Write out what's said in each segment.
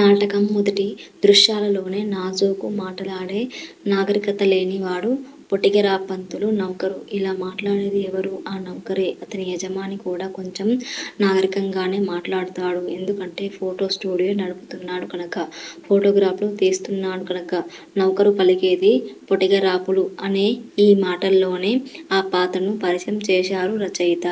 నాటకం మొదటి దృశ్యాలలోనే, నాజూకు మాటలాడే నాగరికత లేనివాడు పొటిగరాప్పంతులు నౌకరు. ఇలా మాట్లాడేది ఎవరు? ఆ నౌకరే! అతని యజమాని కూడా కొంచెం నాగరికంగానే మాట్లాడుతాడు, ఎందుకంటే ఫోటో స్టుడియో నడుపుతున్నాడు కనుక. ఫోటోగ్రాఫ్లూ తీస్తున్నాడు కనుక. --నౌకరు పలికేది పొటిగరాపులు అనే. ఈ మాటల్లోనే ఆ పాత్రను పరిచయం చేశారు రచయిత.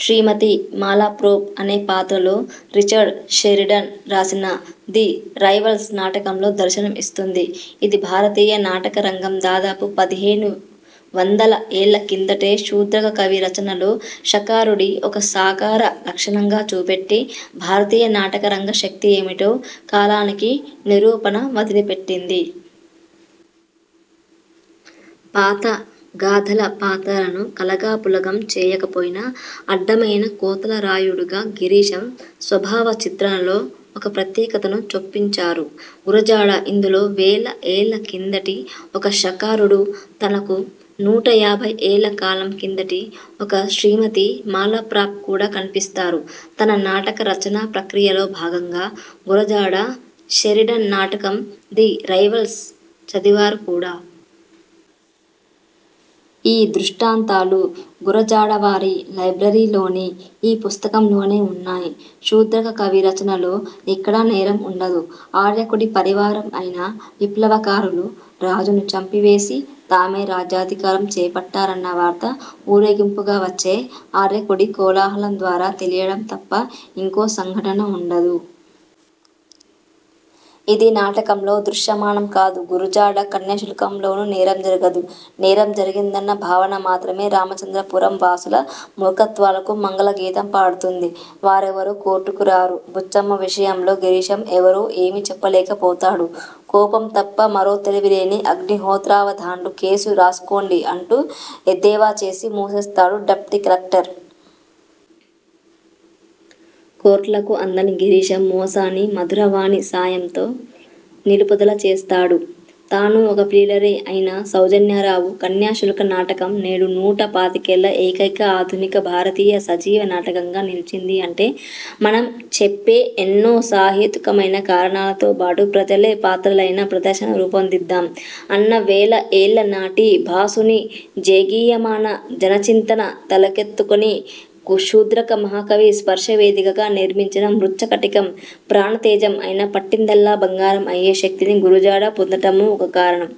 శ్రీమతి 'మాలాప్రోప్' అనే పాత్ర లో రిచర్డ్ షెరిడన్ రాసిన 'ది రైవల్స్' నాటకంలో దర్శనం ఇస్తుంది. ఇది భారతీయ నాటక రంగం దాదాపు పదిహేను వందల ఏళ్ల కిందటే, శూద్రక కవి రచనలో, శకారుడి ఒక సాకార లక్షణంగా చూపెట్టి, భారతీయ నాటక రంగ శక్తి ఏమిటో కాలానికి నిరూపణ వదిలిపెట్టింది. పాత గాథల పాత్రలను కలగాపులగం చేయకపోయినా, అడ్డమైన కోతలరాయుడిగా గిరీశం స్వభావ చిత్రణలో ఒక ప్రత్యేకతను చొప్పించారు గురజాడ. ఇందులో వేల ఏళ్ల కిందటి ఒక శకారుడు, తనకు నూట యాభై ఏళ్ల కాలం కిందటి ఒక 'శ్రీమతి మాలప్రాప్' కూడా కనిపిస్తారు. తన నాటక రచనా ప్రక్రియలో భాగంగా గురజాడ షెరిడన్ నాటకం 'ది రైవల్స్' చదివారు కూడా. ఈ దృష్టాంతాలు గురజాడ వారి లైబ్రరీలోని ఈ పుస్తకంలోనే ఉన్నాయి. శూద్రక కవి రచనలో ఎక్కడా నేరం ఉండదు. ఆర్యకుడి పరివారం అయిన విప్లవకారులు రాజుని చంపి వేసి, తామే రాజ్యాధికారం చేపట్టారన్న వార్త ఊరేగింపుగావచ్చే ఆర్యకుడి కోలాహలం ద్వారా తెలియడం తప్ప ఇంకో సంఘటన ఉండదు. ఇది నాటకంలో దృశ్యమానం కాదు. గురజాడ కన్యాశుల్కంలోనూ నేరం జరగదు, నేరం జరిగిందన్న భావన మాత్రమే రామచంద్రపురం వాసుల మూర్ఖత్వాలకు మంగళ గీతం పాడుతుంది. వారెవరూ కోర్ట్కు రారు. బుచ్చమ్మ విషయంలో గిరీశం ఎవరో ఏమీ చెప్పలేక పోతాడు కోపం తప్ప మరో తెలివి లేని అగ్నిహోత్రావధాన్లు, కేసు రాసుకోండి అంటూ ఎద్దేవాచేసి మూసేస్తాడు డిప్టీ కలెక్టర్. కోర్ట్లకు అందని గిరీశం మోసాన్ని మధురవాణి సాయంతో నిలుపుదల చేస్తాడు, తానూ ఒక ప్లీడరే అయిన సౌజన్యారావు. కన్యాశుల్క నాటకం నేడు నూట పాతికేళ్ళ ఏకైక ఆధునిక భారతీయ సజీవ నాటకంగా నిలిచిందీ అంటే, మనం చెప్పే ఎన్నో సహేతుకమైన కారణాలతో బాటు, ప్రజలే పాత్రలైన ప్రదర్శన రూపొందిద్దాం అన్న వేలఏళ్ల నాటి భాసుని జేగీయమాన జన చింతన తలకెత్తుకుని శూద్రక మహాకవి స్పర్శవేదిగా నిర్మించిన మృచ్ఛకటికం ప్రాణ తేజం అయిన పట్టిందల్లా బంగారం అయ్యే శక్తిని గురజాడ పొందటమూ ఒక కారణం.